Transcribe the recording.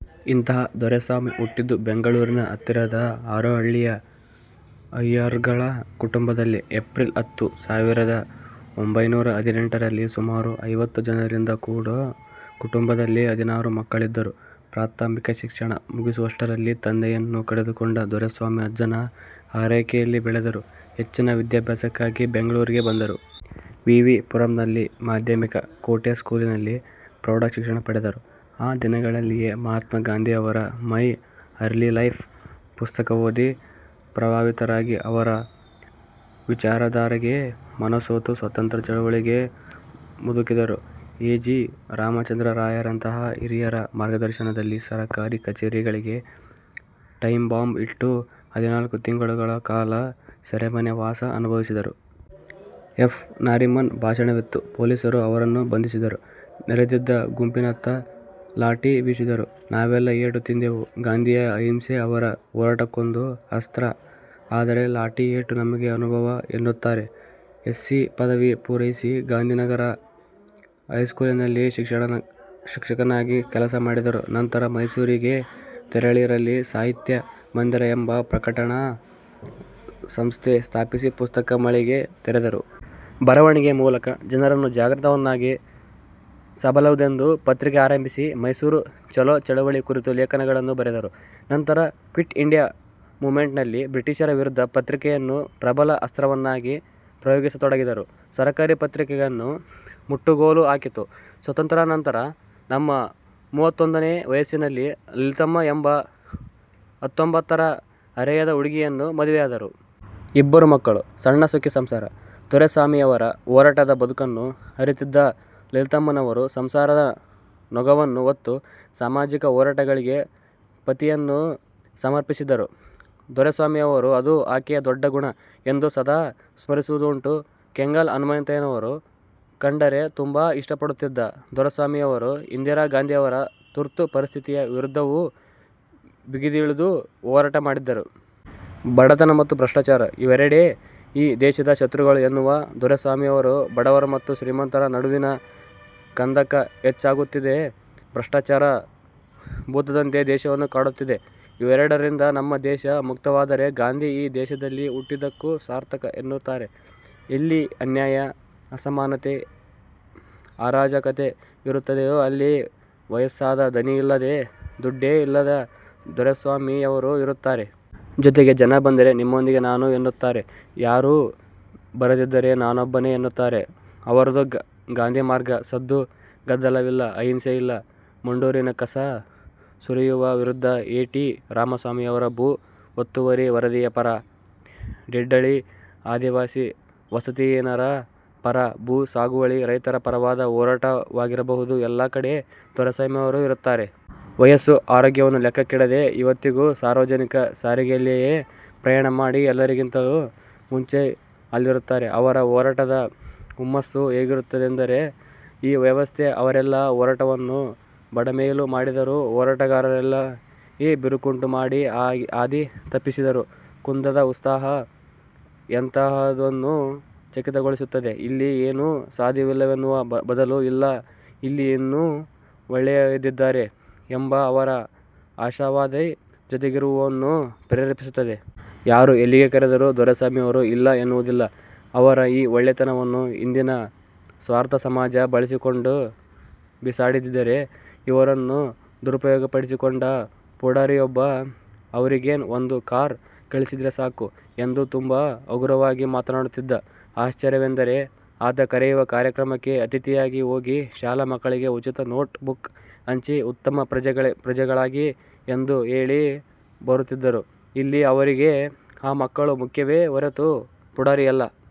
ಇಂತಹ ದೊರೆಸ್ವಾಮಿ ಹುಟ್ಟಿದ್ದು ಬೆಂಗಳೂರಿನ ಹತ್ತಿರದ ಹಾರೋಹಳ್ಳಿಯ ಅಯ್ಯರ್ಗಳ ಕುಟುಂಬದಲ್ಲಿ, ಎಪ್ರಿಲ್ ಹತ್ತು, ಸಾವಿರದ ಒಂಭೈನೂರ ಹದಿನೆಂಟರಲ್ಲಿ ಸುಮಾರು ಐವತ್ತು ಜನರಿದ್ದ ಕೂಡು ಕುಟುಂಬದಲ್ಲಿ ಹದಿನಾರು ಮಕ್ಕಳಿದ್ದರು. ಪ್ರಾಥಮಿಕ ಶಿಕ್ಷಣ ಮುಗಿಸುವಷ್ಟರಲ್ಲಿ, ತಂದೆಯನ್ನು ಕಳೆದುಕೊಂಡ ದೊರೆಸ್ವಾಮಿ ಅಜ್ಜನ ಆರೈಕೆಯಲ್ಲಿ ಬೆಳೆದರು. ಹೆಚ್ಚಿನ ವಿದ್ಯಾಭ್ಯಾಸಕ್ಕಾಗಿ ಬೆಂಗಳೂರಿಗೆ ಬಂದರು. ವಿವಿ ಪುರಂನಲ್ಲಿ ಮಾಧ್ಯಮಿಕ, ಕೋಟೆ ಸ್ಕೂಲಿನಲ್ಲಿ ಪ್ರೌಢಶಿಕ್ಷಣ ಪಡೆದರು. ಆ ದಿನಗಳಲ್ಲಿಯೇ ಮಹಾತ್ಮ ಗಾಂಧಿಯವರ 'ಮೈ ಅರ್ಲಿ ಲೈಫ್' ಪುಸ್ತಕ ಓದಿ, ಪ್ರಭಾವಿತರಾಗಿ, ಅವರ ವಿಚಾರಧಾರೆಗೆ ಮನಸೋತು ಸ್ವಾತಂತ್ರ್ಯ ಚಳವಳಿಗೆ ಧುಮುಕಿದರು. ಎ. ಜಿ. ರಾಮಚಂದ್ರರಾಯರಂತಹ ಹಿರಿಯರ ಮಾರ್ಗದರ್ಶನದಲ್ಲಿ ಸರಕಾರಿ ಕಚೇರಿಗಳಿಗೆ ಟೈಂಬಾಂಬ್ ಇಟ್ಟು, ಹದಿನಾಲ್ಕು ತಿಂಗಳುಗಳ ಕಾಲ ಸೆರೆಮನೆ ವಾಸ ಅನುಭವಿಸಿದರು. ಎಫ್. ನಾರಿಮನ್ ಭಾಷಣವಿತ್ತು. ಪೊಲೀಸರು ಅವರನ್ನು ಬಂಧಿಸಿದರು. ನೆರೆದಿದ್ದ ಗುಂಪಿನತ್ತ ಲಾಠಿ ಬೀಸಿದರು. ನಾವೆಲ್ಲ ಏಟು ತಿಂದೆವು. ಗಾಂಧಿಯ ಅಹಿಂಸೆ ಅವರ ಹೋರಾಟಕ್ಕೊಂದು ಅಸ್ತ್ರ, ಆದರೆ ಲಾಠಿ ಏಟು ನಮಗೆ ಅನುಭವ'' ಎನ್ನುತ್ತಾರೆ. ಎಸ್ಸಿ ಪದವಿ ಪೂರೈಸಿ, ಗಾಂಧಿನಗರದ ಹೈಸ್ಕೂಲಿನಲ್ಲಿ ಶಿಕ್ಷಕನಾಗಿ ಕೆಲಸ ಮಾಡಿದರು. ನಂತರ ಮೈಸೂರಿಗೆ ತೆರಳಿ ರಲ್ಲಿ ಸಾಹಿತ್ಯ ಮಂದಿರ ಎಂಬ ಪ್ರಕಟಣಾ ಸಂಸ್ಥೆ ಸ್ಥಾಪಿಸಿ ಪುಸ್ತಕ ಮಳಿಗೆ ತೆರೆದರು. ಬರವಣಿಗೆ ಮೂಲಕ ಜನರನ್ನು ಜಾಗೃತರನ್ನಾಗಿ ಸಬಹುದೆಂದು ಪತ್ರಿಕೆ ಆರಂಭಿಸಿ, ಮೈಸೂರು ಚಲೋ ಚಳವಳಿ ಕುರಿತು ಲೇಖನಗಳನ್ನು ಬರೆದರು. ನಂತರ ಕ್ವಿಟ್ ಇಂಡಿಯಾ ಮೂವ್ಮೆಂಟಿನಲ್ಲಿ ಬ್ರಿಟಿಷರ ವಿರುದ್ಧ ಪತ್ರಿಕೆಯನ್ನು ಪ್ರಬಲ ಅಸ್ತ್ರವನ್ನಾಗಿ ಪ್ರಯೋಗಿಸತೊಡಗಿದರು. ಸರಕಾರ ಪತ್ರಿಕೆಯನ್ನು ಮುಟ್ಟುಗೋಲು ಹಾಕಿತು. ಸ್ವಾತಂತ್ರ್ಯಾನಂತರ ತಮ್ಮ ಮೂವತ್ತೊಂದನೇ ವಯಸ್ಸಿನಲ್ಲಿ ಲಲಿತಮ್ಮ ಎಂಬ ಹತ್ತೊಂಬತ್ತರ ಹರೆಯದ ಹುಡುಗಿಯನ್ನು ಮದುವೆಯಾದರು. ಇಬ್ಬರು ಮಕ್ಕಳು. ಸಣ್ಣ ಸುಖಿ ಸಂಸಾರ. ದೊರೆಸ್ವಾಮಿಯವರ ಹೋರಾಟದ ಬದುಕನ್ನು ಅರಿತಿದ್ದ ಲಲಿತಮ್ಮನವರು, ಸಂಸಾರದ ನೊಗವನ್ನು ಹೊತ್ತು, ಸಾಮಾಜಿಕ ಹೋರಾಟಗಳಿಗೆ ಪತಿಯನ್ನು ಸಮರ್ಪಿಸಿದ್ದನ್ನು ದೊರೆಸ್ವಾಮಿಯವರು ''ಅದು ಆಕೆಯ ದೊಡ್ಡ ಗುಣ'' ಎಂದು ಸದಾ ಸ್ಮರಿಸುವುದುಂಟು. ಕೆಂಗಲ್ ಹನುಮಂತಯ್ಯನವರನ್ನು ಕಂಡರೆ ತುಂಬಾ ಇಷ್ಟಪಡುತ್ತಿದ್ದ ದೊರೆಸ್ವಾಮಿಯವರು, ಇಂದಿರಾ ಗಾಂಧಿಯವರ ತುರ್ತು ಪರಿಸ್ಥಿತಿಯ ವಿರುದ್ಧವೂ ಬೀದಿಗಿಳಿದು ಹೋರಾಟ ಮಾಡಿದ್ದಿದೆ. ಬಡತನ ಮತ್ತು ಭ್ರಷ್ಟಾಚಾರ- ಇವರೆಡೇ ಈ ದೇಶದ ಶತ್ರುಗಳು ಎನ್ನುವ ದೊರೆಸ್ವಾಮಿಯವರು, ''ಬಡವರು ಮತ್ತು ಶ್ರೀಮಂತರ ನಡುವಿನ ಕಂದಕ ಹೆಚ್ಚಾಗುತ್ತಿದೆ. ಭ್ರಷ್ಟಾಚಾರ ಭೂತದಂತೆ ದೇಶವನ್ನು ಕಾಡುತ್ತಿದೆ. ಇವೆರಡರಿಂದ ನಮ್ಮ ದೇಶ ಮುಕ್ತವಾದರೆ, ಗಾಂಧಿ ಈ ದೇಶದಲ್ಲಿ ಹುಟ್ಟಿದ್ದಕ್ಕೂ ಸಾರ್ಥಕ' ಎನ್ನುತ್ತಾರೆ. ಎಲ್ಲಿ ಅನ್ಯಾಯ, ಅಸಮಾನತೆ, ಅರಾಜಕತೆ ಇರುತ್ತದೆಯೋ ಅಲ್ಲಿ ವಯಸ್ಸಾದ, ದನಿ ಇಲ್ಲದ, ದುಡ್ಡೇ ಇಲ್ಲದ ದೊರೆಸ್ವಾಮಿ ಯವರು ಇರುತ್ತಾರೆ. ಜೊತೆಗೆ ಜನ ಬಂದರೆ, ನಿಮ್ಮಾಂದಿಗೆ ನಾನು ಎನ್ನುತ್ತಾರೆ. ಯಾರೂ ಬರದಿದ್ದರೆ ನಾನೊಬ್ಬನೆ ಎನ್ನುತ್ತಾರೆ. ಅವರದು ಗಾಂಧಿ ಮಾರ್ಗ. ಸದ್ದು ಗದ್ದಲವಿಲ್ಲ, ಹಿಂಸೆಯಿಲ್ಲ. ಮಂಡೂರಿನ ಕಸ ಸುರಿಯುವ ವಿರುದ್ಧ, ಎ. ಟಿ. ರಾಮಸ್ವಾಮಿಯವರ ಭೂ ಒತ್ತುವರಿ ವರದಿಯ ಪರ, ದಿಡ್ಡಳ್ಳಿ ಆದಿವಾಸಿ ವಸತಿಹೀನರ ಪರ, ಭೂ ಸಾಗುವಳಿ ರೈತರ ಪರವಾದ ಹೋರಾಟವಾಗಿರಬಹುದು ಎಲ್ಲಾ ಕಡೆ ದೊರೆಸ್ವಾಮಿಯವರು ಇರುತ್ತಾರೆ. ವಯಸ್ಸು, ಆರೋಗ್ಯವನ್ನು ಲೆಕ್ಕಕ್ಕಿಡದೆ, ಇವತ್ತಿಗೂ ಸಾರ್ವಜನಿಕ ಸಾರಿಗೆಯಲ್ಲಿಯೇ ಪ್ರಯಾಣ ಮಾಡಿ, ಎಲ್ಲರಿಗಿಂತ ಮುಂಚೆ ಅಲ್ಲಿರುತ್ತಾರೆ. ಅವರ ಹೋರಾಟದ ಹುಮ್ಮಸ್ಸು ಹೇಗಿರುತ್ತದೆಂದರೆ, ಈ ವ್ಯವಸ್ಥೆ ಅವರೆಲ್ಲ್ಲಾ ಹೋರಾಟವನ್ನು ಬುಡಮೇಲು ಮಾಡಿದರೂ, ಹೋರಾಟಗಾರರಲ್ಲಿಯೇ ಬಿರುಕುಂಟು ಮಾಡಿ ಹಾದಿ ತಪ್ಪಿಸಿದರೂ, ಕುಂದದ ಉತ್ಸಾಹ ಎಂತಹವರನ್ನು ಚಕಿತಗೊಳಿಸುತ್ತದೆ. ಇಲ್ಲಿ ಏನೂ ಸಾಧ್ಯವಿಲ್ಲವೆನ್ನುವ ಬದಲು; ಇಲ್ಲ, ಇಲ್ಲಿ ಇನ್ನೂ ಒಳ್ಳೆಯವರಿದ್ದಾರೆ ಎಂಬ ಅವರ ಆಶಾವಾದ ಜೊತೆಗಿರುವವರನ್ನೂ ಪ್ರೇರೇಪಿಸುತ್ತದೆ. ಯಾರು ಎಲ್ಲಿಗೆ ಕರೆದರೂ ದೊರೆಸ್ವಾಮಿಯವರು ಇಲ್ಲ ಎನ್ನುವುದಿಲ್ಲ. ಅವರ ಈ ಒಳ್ಳೆಯತನವನ್ನು ಇಂದಿನ ಸ್ವಾರ್ಥಸಮಾಜ ಬಳಸಿಕೊಂಡು ಬಿಸಾಡಿದ್ದಿದೆ. ಇವರನ್ನು ದುರುಪಯೋಗಪಡಿಸಿಕೊಂಡ ಪುಢಾರಿಯೊಬ್ಬ, ''ಅವರಿಗೇನ್ ಒಂದು ಕಾರ್ ಕಳಿಸಿದ್ರೆ ಸಾಕು'' ಎಂದು ತುಂಬಾ ಹಗುರವಾಗಿ ಮಾತನಾಡುತ್ತಿದ್ದ. ಆಶ್ಚರ್ಯವೆಂದರೆ, ಆತ ಕರೆಯುವ ಕಾರ್ಯಕ್ರಮಕ್ಕೆ ಅತಿಥಿಯಾಗಿ ಹೋಗಿ, ಶಾಲಾ ಮಕ್ಕಳಿಗೆ ಉಚಿತ ನೋಟ್ ಬುಕ್ ಹಂಚಿ, ಉತ್ತಮ ಪ್ರಜೆಗಳಾಗಿ ಎಂದು ಹೇಳಿ ಬರುತ್ತಿದ್ದರು. ಇಲ್ಲಿ ಅವರಿಗೆ ಆ ಮಕ್ಕಳು ಮುಖ್ಯವೇ ಹೊರತು, ಪುಢಾರಿಯಲ್ಲ.